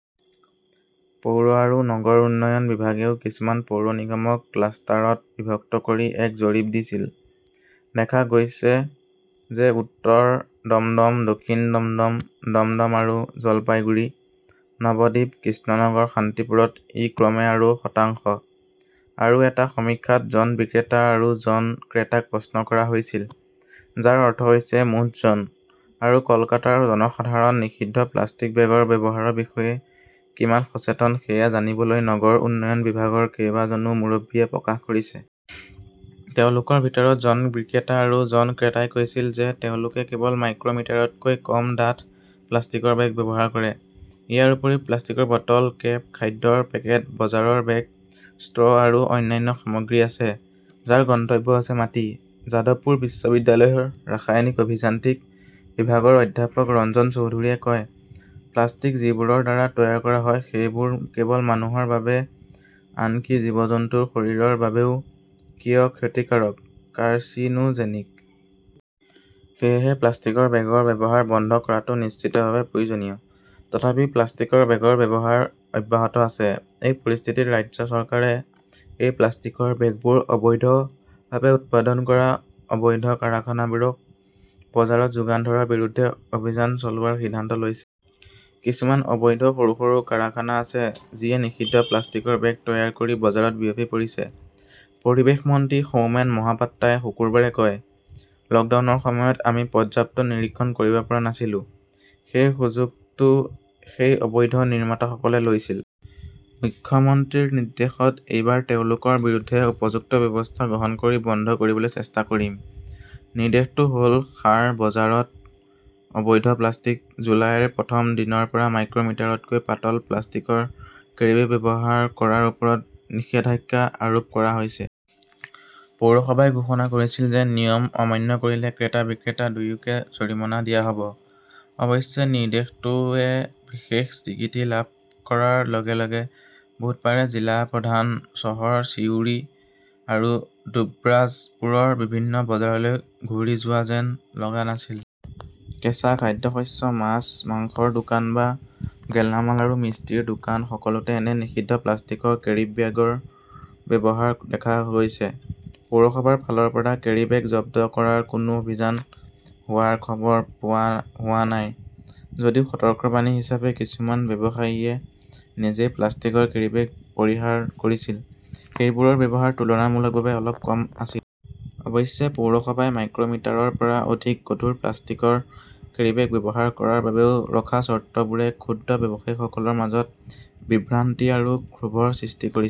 পৌৰ আৰু নগৰ উন্নয়ন বিভাগেও কিছুমান পৌৰ নিগমক ক্লাষ্টাৰত বিভক্ত কৰি এক জৰীপ কৰিছিল। দেখা গৈছে যে উত্তৰ দমদম, দক্ষিণ দমদম, দমদম আৰু জলপাইগুৰি, নৱদ্বীপ, কৃষ্ণনগৰ, শান্তিপুৰত ই ক্ৰমে আৰু শতাংশ। আৰু এটা সমীক্ষাত জন বিক্ৰেতা আৰু জন ক্ৰেতাক প্ৰশ্ন কৰা হৈছিল, যাৰ অৰ্থ হৈছে মুঠ জন, আৰু কলকাতাৰ জনসাধাৰণ নিষিদ্ধ প্লাষ্টিক বেগৰ ব্যৱহাৰৰ বিষয়ে কিমান সচেতন সেয়া জানিবলৈ নগৰ উন্নয়ন বিভাগৰ কেইবাজনো মুৰব্বীয়ে প্ৰকাশ কৰিছে। তেওঁলোকৰ ভিতৰত জন বিক্ৰেতা আৰু জন ক্ৰেতাই কৈছিল যে তেওঁলোকে কেৱল মাইক্ৰ মিটাৰতকৈ কম ডাঠ প্লাষ্টিকৰ বেগ ব্যৱহাৰ কৰে। ইয়াৰ উপৰিও প্লাষ্টিকৰ বটল, কেপ, খাদ্যৰ পেকেট, বজাৰৰ বেগ, ষ্ট্ৰ 'আৰু অন্যান্য সামগ্ৰী আছে, যাৰ গন্তব্য হৈছে মাটি, যাদৱপুৰ বিশ্ববিদ্যালয়ৰ ৰাসায়নিক অভিযান্ত্ৰিক বিভাগৰ অধ্যাপক ৰঞ্জন চৌধুৰীয়ে কয়, প্লাষ্টিক যিবোৰৰ দ্বাৰা তৈয়াৰ কৰা হয় সেইবোৰ কেৱল মানুহৰ বাবে, আনকি জীৱ-জন্তুৰ শৰীৰৰ বাবেও কিয় ক্ষতিকাৰক, কাৰ্চিনোজেনিক। সেয়েহে প্লাষ্টিকৰ বেগৰ ব্যৱহাৰ বন্ধ কৰাটো নিশ্চিতভাৱে প্ৰয়োজনীয়। তথাপিও প্লাষ্টিকৰ বেগৰ ব্যৱহাৰ অব্যাহত আছে। এই পৰিস্থিতিত ৰাজ্য চৰকাৰে এই প্লাষ্টিকৰ বেগবোৰ অবৈধভাৱে উৎপাদন কৰা অবৈধ কাৰখানাবোৰক বজাৰত যোগান ধৰাৰ বিৰুদ্ধে অভিযান চলোৱাৰ সিদ্ধান্ত লৈছে। কিছুমান অবৈধ সৰু-সৰু কাৰখানা আছে, যিয়ে নিষিদ্ধ প্লাষ্টিকৰ বেগ তৈয়াৰ কৰি বজাৰত বিয়পি পৰিছে, পৰিৱেশ মন্ত্ৰী সৌমেন মহাপাত্ৰাই শুকুৰবাৰে কয়। লকডাউনৰ সময়ত আমি পৰ্যাপ্ত নিৰীক্ষণ কৰিব পৰা নাছিলো। সেই সুযোগটো সেই অবৈধ নিৰ্মাতাসকলে লৈছিল। মুখ্যমন্ত্ৰীৰ নিৰ্দেশত এইবাৰ তেওঁলোকৰ বিৰুদ্ধে উপযুক্ত ব্যৱস্থা গ্ৰহণ কৰি বন্ধ কৰিবলৈ চেষ্টা কৰিম। "। নিৰ্দেশটো হ "ল সাৰ, বজাৰত অবৈধ প্লাষ্টিক জুলাইৰ প্ৰথম দিনৰ পৰা মাইক্ৰ মিটাৰতকৈ পাতল প্লাষ্টিকৰ কেৰীবেগ ব্যৱহাৰ কৰাৰ ওপৰত নিষেধাজ্ঞা আৰোপ কৰা হৈছে। পৌৰসভাই ঘোষণা কৰিছিল যে নিয়ম অমান্য কৰিলে ক্ৰেতা-বিক্ৰেতা দুয়োকে জৰিমনা দিয়া হ 'ব। অৱশ্যে, নিৰ্দেশটোৱে বিশেষ স্বীকৃতি লাভ কৰাৰ লগে-লগে বুধবাৰে জিলা প্ৰধান চহৰ ছিউৰি আৰু ডুব্ৰাজপুৰৰ বিভিন্ন বজাৰলৈ ঘূৰি যোৱা যেন লগা নাছিল। কেঁচা খাদ্যশস্য, মাছ, মাংসৰ দোকান বা গেলামাল আৰু মিষ্টিৰ দোকান-সকলোতে এনে 'নিষিদ্ধ প্লাষ্টিকৰ কেৰিব্যাগৰ ব্যৱহাৰ দেখা গৈছে। পৌৰসভাৰ ফালৰ পৰা কেৰীবেগ জব্দ কৰাৰ কোনো অভিযান হোৱাৰ খবৰ পোৱা হোৱা নাই। যদিও সতৰ্কবাণী হিচাপে কিছুমান ব্যৱসায়ীয়ে নিজেই প্লাষ্টিকৰ কেৰীবেগ পৰিহাৰ কৰিছিল, সেইবোৰৰ ব্যৱহাৰ তুলনামূলকভাৱে অলপ কম আছিল। অৱশ্যে, পৌৰসভাই মাইক্ৰ মিটাৰৰ পৰা অধিক গধুৰ প্লাষ্টিকৰ কেৰীবেগ ব্যৱহাৰ কৰাৰ বাবেও ৰখা চৰ্তবোৰে ক্ষুদ্ৰ ব্যৱসায়ীসকলৰ মাজত বিভ্ৰান্তি আৰু ক্ষোভৰ সৃষ্টি কৰিছে।